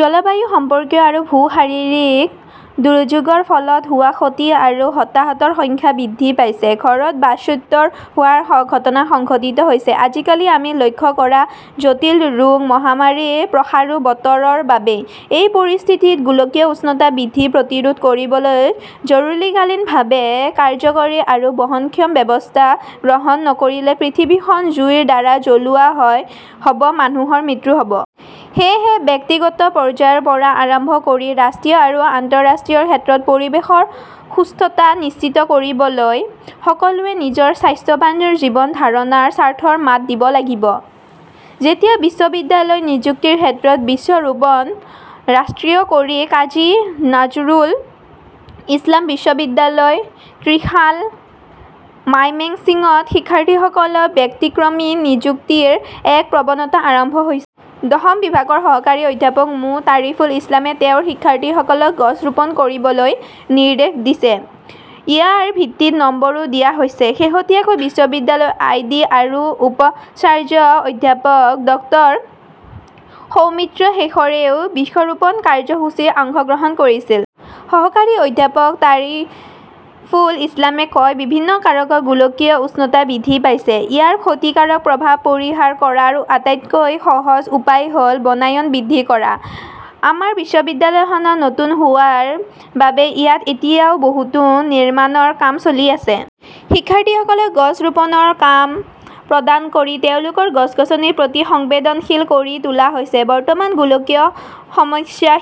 জলবায়ু সম্পৰ্কীয় আৰু ভূ-শাৰীৰিক দুৰ্যোগৰ ফলত হোৱা ক্ষতি আৰু হতাহতৰ সংখ্যা বৃদ্ধি পাইছে। ঘৰত বাস্তুচ্যুত হোৱাৰ ঘটনা সংঘটিত হৈছে। আজিকালি আমি লক্ষ্য কৰা জটিল ৰোগ, মহামাৰীৰ প্ৰসাৰো বতৰৰ বাবে । এই পৰিস্থিতিত গোলকীয় উষ্ণতা বৃদ্ধি প্ৰতিৰোধ কৰিবলৈ জৰুৰীকালীনভাৱে কাৰ্যকৰী আৰু বহনক্ষম ব্যৱস্থা গ্ৰহণ নকৰিলে পৃথিৱীখন জুইৰ দ্বাৰা জ্বলোৱা হ'ব, মানুহৰ মৃত্যু হ'ব। সেয়েহে, ব্যক্তিগত পৰ্যায়ৰ পৰা আৰম্ভ কৰি ৰাষ্ট্ৰীয় আৰু আন্তঃৰাষ্ট্ৰীয় ক্ষেত্ৰত পৰিৱেশৰ সুস্থতা নিশ্চিত কৰিবলৈ সকলোৱে নিজৰ স্বাস্থ্যৱান জীৱন ধাৰণৰ স্বাৰ্থত মাত দিব লাগিব। যেতিয়া বিশ্ববিদ্যালয়ৰ নিযুক্তিৰ ক্ষেত্ৰত বৃক্ষৰোপণ ৰাষ্ট্ৰীয় কবি কাজী নজৰুল ইছলাম বিশ্ববিদ্যালয়, ত্ৰিশাল, মাইমেন্সিংত শিক্ষাৰ্থীসকলৰ ব্যতিক্ৰমী নিযুক্তিৰ এক প্ৰৱণতা আৰম্ভ হৈছে। দৰ্শন বিভাগৰ সহকাৰী অধ্যাপক মো. তাৰিফুল ইছলামে তেওঁৰ শিক্ষাৰ্থীসকলক গছ ৰোপণ কৰিবলৈ নিৰ্দেশ দিয়ে। ইয়াৰ ভিত্তিত নম্বৰো দিয়া হৈছে। শেহতীয়াকৈ বিশ্ববিদ্যালয়খনৰ আই. ডি. আৰু উপাচাৰ্য অধ্যাপক ড. সৌমিত্ৰ শেখৰেও বৃক্ষৰোপণ কাৰ্যসূচীত অংশগ্ৰহণ কৰিছিল। সহকাৰী অধ্যাপক তাৰিফুল ইছলামে কয় বিভিন্ন কাৰণত গোলকীয় উষ্ণতা বৃদ্ধি পাইছে। ইয়াৰ ক্ষতিকাৰক প্ৰভাৱ পৰিহাৰ কৰাৰ আটাইতকৈ সহজ উপায় হ'ল বনায়ন বৃদ্ধি কৰা। আমাৰ বিশ্ববিদ্যালয়খন নতুন হোৱাৰ বাবে ইয়াত এতিয়াও বহুতো নিৰ্মাণৰ কাম চলি আছে। শিক্ষাৰ্থীসকলক গছ ৰোপণৰ কাম প্ৰদান কৰি তেওঁলোকেও গছ-গছনিৰ প্ৰতি সংবেদনশীল কৰি তোলা হৈছে। ''বৰ্তমানৰ গোলকীয় সমস্যা"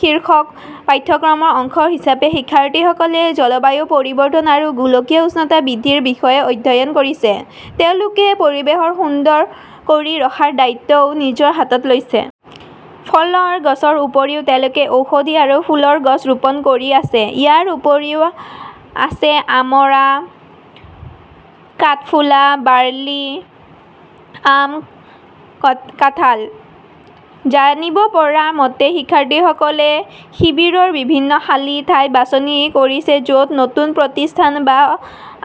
শীৰ্ষক পাঠ্যক্ৰমৰ অংশ হিচাপে শিক্ষাৰ্থীসকলে জলবায়ু পৰিৱৰ্তন আৰু গোলকীয় উষ্ণতা বৃদ্ধিৰ বিষয়ে অধ্যয়ন কৰিছে। তেওঁলোকে পৰিৱেশক সুন্দৰ কৰি ৰখাৰ দায়িত্বও নিজৰ হাতত লৈছে। ফলৰ গছৰ উপৰিও তেওঁলোকে ঔষধি আৰু ফুলৰ গছ ৰোপণ কৰি আছে। ইয়াৰ ভিতৰত আছে আমৰা, কাঠফুলা, বাৰ্লি, আম, কাঁঠাল। জানিব পৰা মতে, শিক্ষাৰ্থীসকলে শিবিৰৰ বিভিন্ন খালী ঠাই বাছনি কৰিছে য'ত নতুন প্ৰতিষ্ঠান বা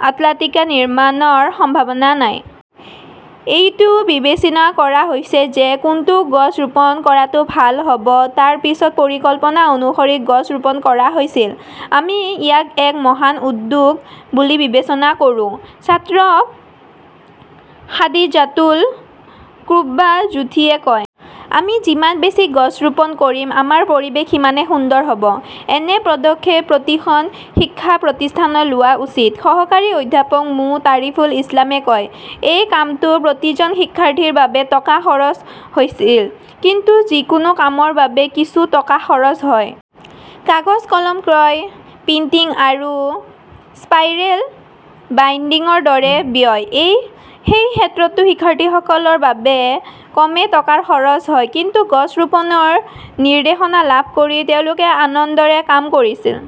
অট্টালিকা নিৰ্মাণৰ সম্ভাৱনা নাই। এইটোও বিবেচনা কৰা হৈছে যে কোনটো গছ ৰোপণ কৰাটো ভাল হ 'ব। তাৰ পিছত পৰিকল্পনা অনুসৰি গছ ৰোপণ কৰা হৈছিল। "আমি ইয়াক এক মহান উদ্যোগ বুলি বিবেচনা কৰোঁ", ছাত্ৰ খাদিজাতুল কোব্ৰা জুথীয়ে কয়। আমি যিমান বেছি গছ ৰোপণ কৰিম, আমাৰ পৰিৱেশ সিমানেই সুন্দৰ হ'ব। এনে পদক্ষেপ প্ৰতিখন শিক্ষা প্ৰতিষ্ঠানত লোৱা উচিত। সহকাৰী অধ্যাপক মো. তাৰিফুল ইছলামই কয়, "এই কামটোত প্ৰতিজন শিক্ষাৰ্থীৰ বাবে টকা খৰচ হৈছিল। কিন্তু যিকোনো কামৰ বাবে কিছু টকা খৰচ হয়। কাগজ-কলম ক্ৰয়, প্ৰিণ্টিং আৰু স্পাইৰেল বাইণ্ডিংৰ দৰে ব্যয়। সেই ক্ষেত্ৰতো শিক্ষাৰ্থীসকলৰ বাবে কমে টকা খৰচ হয়। কিন্তু গছ ৰোপণৰ নিৰ্দেশনা লাভ কৰি তেওঁলোকে আনন্দৰে কাম কৰিছিল।